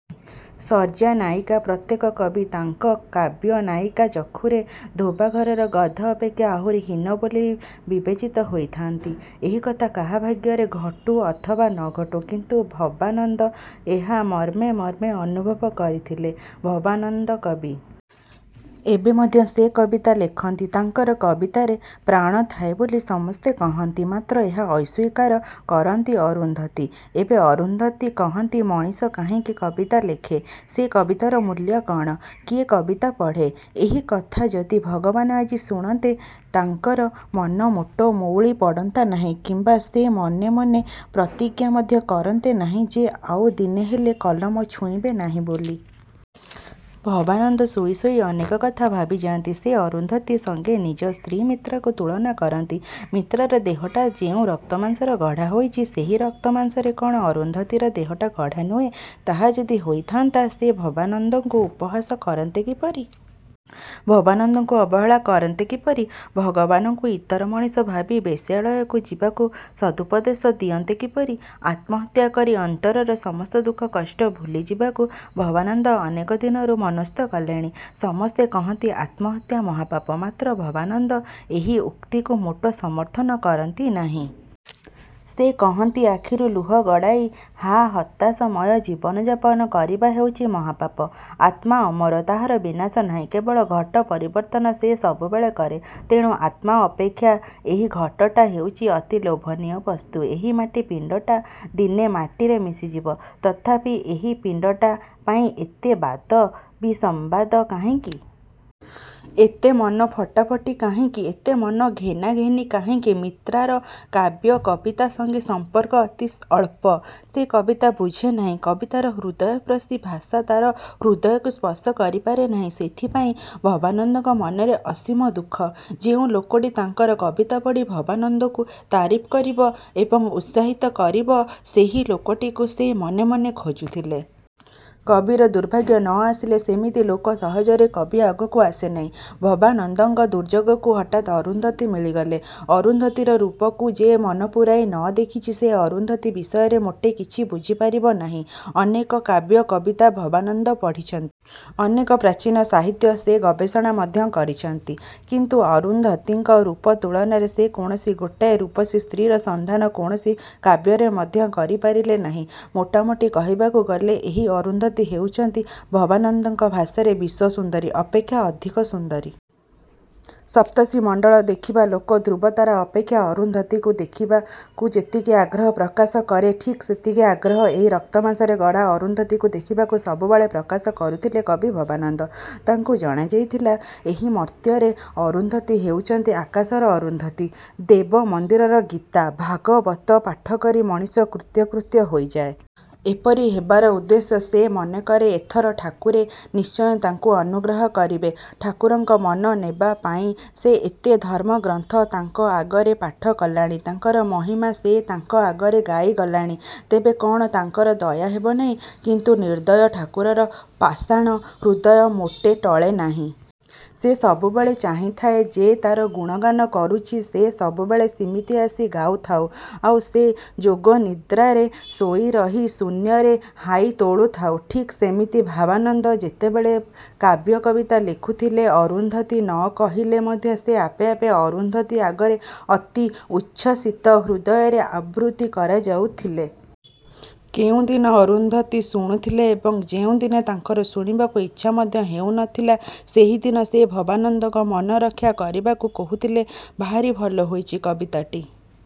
ଶଯ୍ୟା ନାୟିକା ପ୍ରତ୍ୟେକ କବି ତାଙ୍କ କାବ୍ୟନାୟିକା ଚକ୍ଷୁରେ ଧୋବା ଘରର ଗଧ ଅପେକ୍ଷା ଆହୁରି ହୀନ ବୋଲି ବିବେଚିତ ହୋଇଥାନ୍ତି। ଏହି କଥା କାହା ଭାଗ୍ୟରେ ଘଟୁ ଅଥବା ନ ଘଟୁ, କିନ୍ତୁ ଭବାନନ୍ଦ ଏହା ମର୍ମେ ମର୍ମେ ଅନୁଭବ କରିଥିଲେ। ଭବାନନ୍ଦ କବି। ଏବେ ମଧ୍ୟ ସେ କବିତା ଲେଖନ୍ତି। ତାଙ୍କର କବିତାରେ ପ୍ରାଣଥାଏ ବୋଲି ସମସ୍ତେ କହନ୍ତି, ମାତ୍ର ଏହା ଅସ୍ୱୀକାର କରନ୍ତି ଅରୁନ୍ଧୁତୀ। ଏବେ ଅରୁନ୍ଧୁତୀ କହନ୍ତି ମଣିଷ କାହିଁକି କବିତା ଲେଖେ? ସେ କବିତାର ମୂଲ୍ୟ କ'ଣ? କିଏ କବିତା ପଢ଼େ? ଏହି କଥା ଯଦି ଭଗବାନ ଆଜି ଶୁଣନ୍ତେ, ତାଙ୍କର ମନ ମୋଟେ ମଉଳି ପଡ଼ନ୍ତା ନାହିଁ କିମ୍ବା ସେ ମନେମନେ ପ୍ରତିଜ୍ଞା ମଧ୍ୟ କରନ୍ତେ ନାହିଁ ଯେ ଆଉ ଦିନେହେଲେ କଲମ ଛୁଇଁବେ ନାହିଁ ବୋଲି। ଭବାନନ୍ଦ ଶୋଇ ଶୋଇ ଅନେକ କଥା ଭାବିଯାଆନ୍ତି। ସେ ଅରୁନ୍ଧୁତୀ ସଙ୍ଗେ ନିଜ ସ୍ତ୍ରୀ ମିତ୍ରାକୁ ତୁଳନା କରନ୍ତି। ମିତ୍ରାର ଦେହଟା ଯେଉଁ ରକ୍ତମାଂସରେ ଗଢ଼ାହୋଇଛି, ସେହି ରକ୍ତମାଂସରେ କ'ଣ ଅରୁନ୍ଧୁତୀର ଦେହଟା ଗଢ଼ା ନୁହେଁ? ତାହା ଯଦି ହୋଇଥାନ୍ତା ସେ ଭବାନନ୍ଦଙ୍କୁ ଉପହାସ କରନ୍ତେ କିପରି? ଭବାନନ୍ଦଙ୍କୁ ଅବହେଳା କରନ୍ତେ କିପରି? ଭବାନନ୍ଦଙ୍କୁ ଇତର ମଣିଷ ଭାବି ବେଶ୍ୟାଳୟକୁ ଯିବାକୁ ସଦୁପଦେଶ ଦିଅନ୍ତେ କିପରି? ଆତ୍ମହତ୍ୟା କରି ଅନ୍ତରର ସମସ୍ତ ଦୁଃଖ କଷ୍ଟ ଭୁଲିଯିବାକୁ ଭବାନନ୍ଦ ଅନେକଦିନରୁ ମନସ୍ଥ କଲେଣି। ସମସ୍ତେ କହନ୍ତି ଆତ୍ମହତ୍ୟା ମହାପାପ। ମାତ୍ର ଭବାନନ୍ଦ ଏହି ଉକ୍ତିକୁ ମୋଟେ ସମର୍ଥନ କରନ୍ତି ନାହିଁ। ସେ କହନ୍ତି, ଆଖିରୁ ଲୁହ ଗଡ଼ାଇ ହା ହତାଶମୟ ଜୀବନଯାପନ କରିବା ହେଉଛି ମହାପାପ। ଆତ୍ମା ଅମର। ତାହାର ବିନାଶ ନାହିଁ। କେବଳ ଘଟ ପରିବର୍ତ୍ତନ ସେ ସବୁବେଳେ କରେ। ତେଣୁ ଆତ୍ମା ଅପେକ୍ଷା ଏହି ଘଟଟା ହେଉଛି ଅତି ଲୋଭନୀୟ ବସ୍ତୁ। ଏହି ମାଟି ପିଣ୍ଡଟା ଦିନେ ମାଟିରେ ମିଶିଯିବ, ତଥାପି ଏହି ପିଣ୍ଡଟା ପାଇଁ ଏତେ ବାଦ ବିସମ୍ବାଦ କାହିଁକି? ଏତେ ମନ ଫଟାଫଟି କାହିଁକି? ଏତେ ମନ ଘେନାଘେନି କାହିଁକି? ମିତ୍ରାର କାବ୍ୟ କବିତା ସଙ୍ଗେ ସମ୍ପର୍କ ଅତି ଅଳ୍ପ। ସେ କବିତା ବୁଝେ ନାହିଁ। କବିତାର ହୃଦୟସ୍ପର୍ଶୀ ଭାଷା ତା'ର ହୃଦୟକୁ ସ୍ପର୍ଶ କରିପାରେ ନାହିଁ। ସେଥିପାଇଁ ଭବାନନ୍ଦଙ୍କ ମନରେ ଅସୀମ ଦୁଃଖ। ଯେଉଁ ଲୋକଟି ତାଙ୍କର କବିତା ପଢ଼ି ଭବାନନ୍ଦଙ୍କୁ ତାରିଫ୍ କରିବ ଏବଂ ଉତ୍ସାହିତ କରିବ, ସେହି ଲୋକଟିକୁ ସେ ମନେମନେ ଖୋଜୁଥିଲେ। କବିର ଦୁର୍ଭାଗ୍ୟ ନ ଆସିଲେ ସେମିତି ଲୋକ ସହଜରେ କବି ଆଗକୁ ଆସେ ନାହିଁ। ଭବାନନ୍ଦଙ୍କ ଦୁର୍ଯ୍ୟୋଗକୁ ହଠାତ୍ ଅରୁନ୍ଧୁତୀ ମିଳିଗଲେ। ଅରୁନ୍ଧୁତୀର ରୂପକୁ ଯେ ମନପୂରାଇ ନ ଦେଖିଛି ସେ ଅରୁନ୍ଧୁତୀ ବିଷୟରେ ମୋଟେ କିଛି ବୁଝିପାରିବ ନାହିଁ। ଅନେକ କାବ୍ୟ କବିତା ଭବାନନ୍ଦ ପଢ଼ିଛନ୍ତି। ଅନେକ ପ୍ରାଚୀନ ସାହିତ୍ୟ ସେ ଗବେଷଣା ମଧ୍ୟ କରିଛନ୍ତି; କିନ୍ତୁ ଅରୁନ୍ଧୁତୀଙ୍କ ରୂପ ତୁଳନାରେ ସେ କୌଣସି ଗୋଟାଏ ରୂପସୀ ସ୍ତ୍ରୀର ସନ୍ଧାନ କୌଣସି କାବ୍ୟରେ ମଧ୍ୟ କରିପାରିଲେ ନାହିଁ। ମୋଟାମୋଟି କହିବାକୁ ଗଲେ ଏହି ଅରୁନ୍ଧୁତୀ ହେଉଛନ୍ତି ଭବାନନ୍ଦଙ୍କ ଭାଷାରେ ବିଶ୍ୱସୁନ୍ଦରୀ ଅପେକ୍ଷା ଅଧିକ ସୁନ୍ଦରୀ। ସପ୍ତର୍ଷିମଣ୍ଡଳ ଦେଖିବା ଲୋକ ଧ୍ରୁବତାରା ଅପେକ୍ଷା ଅରୁନ୍ଧୁତୀକୁ ଦେଖିବାକୁ ଯେତିକି ଆଗ୍ରହ ପ୍ରକାଶ କରେ, ଠିକ୍ ସେତିକି ଆଗ୍ରହ ଏହି ରକ୍ତମାଂସରେ ଗଢ଼ା ଅରୁନ୍ଧୁତୀକୁ ଦେଖିବାକୁ ସବୁବେଳେ ପ୍ରକାଶ କରୁଥିଲେ କବି ଭବାନନ୍ଦ। ତାଙ୍କୁ ଜଣାଯାଉଥିଲା ଏହି ମର୍ତ୍ତ୍ୟର ଅରୁନ୍ଧୁତୀ ହେଉଛନ୍ତି ଆକାଶର ଅରୁନ୍ଧୁତୀ। ଦେବ ମନ୍ଦିରରେ ଗୀତା, ଭାଗବତ ପାଠକରି ମଣିଷ କୃତ୍ୟକୃତ୍ୟ ହୋଇଯାଏ। ଏପରି ହେବାର ଉଦ୍ଦେଶ୍ୟ ସେ ମନେକରେ ଏଥର ଠାକୁରେ ନିଶ୍ଚୟ ତାକୁ ଅନୁଗ୍ରହ କରିବେ। ଠାକୁରଙ୍କ ମନ ନେବାପାଇଁ ସେ ଏତେ ଧର୍ମଗ୍ରନ୍ଥ ତାଙ୍କ ଆଗରେ ପାଠକଲାଣି, ତାଙ୍କର ମହିମା ସେ ତାଙ୍କ ଆଗରେ ଗାଇଗଲାଣି, ତେବେ କ'ଣ ତାଙ୍କର ଦୟା ହେବନାହିଁ? କିନ୍ତୁ ନିର୍ଦ୍ଦୟ ଠାକୁରର ପାଷାଣ ହୃଦୟ ମୋଟେ ଟଳେ ନାହିଁ। ସେ ସବୁବେଳେ ଚାହିଁଥାଏ, ଯେ ତା'ର ଗୁଣଗାନ କରୁଛି ସେ ସବୁବେଳେ ସିମିତି ଆସି ଗାଉଥାଉ, ଆଉ ସେ ଯୋଗନିଦ୍ରାରେ ଶୋଇରହି ଶୂନ୍ୟରେ ହାଇ ତୋଳୁଥାଉ। ଠିକ୍ ସେମିତି ଭବାନନ୍ଦ ଯେତେସବୁ କାବ୍ୟ କବିତା ଲେଖୁଥିଲେ, ଅରୁନ୍ଧୁତୀ ନ କହିଲେ ମଧ୍ୟ ସେ ଆପେ ଆପେ ଅରୁନ୍ଧୁତୀ ଆଗରେ ଅତି ଉଚ୍ଛ୍ୱସିତ ହୃଦୟରେ ଆବୃତ୍ତି କରିଯାଉଥିଲେ। କେଉଁଦିନ ଅରୁନ୍ଧୁତୀ ଶୁଣୁଥିଲେ ଏବଂ ଯେଉଁଦିନ ତାଙ୍କର ଶୁଣିବାକୁ ଇଚ୍ଛା ମଧ୍ୟ ହେଉନଥିଲା ସେହିଦିନ ସେ ଭବାନନ୍ଦଙ୍କ ମନରକ୍ଷା କରିବାକୁ କହୁଥିଲେ, ''ଭାରି ଭଲ ହୋଇଛି କବିତାଟି।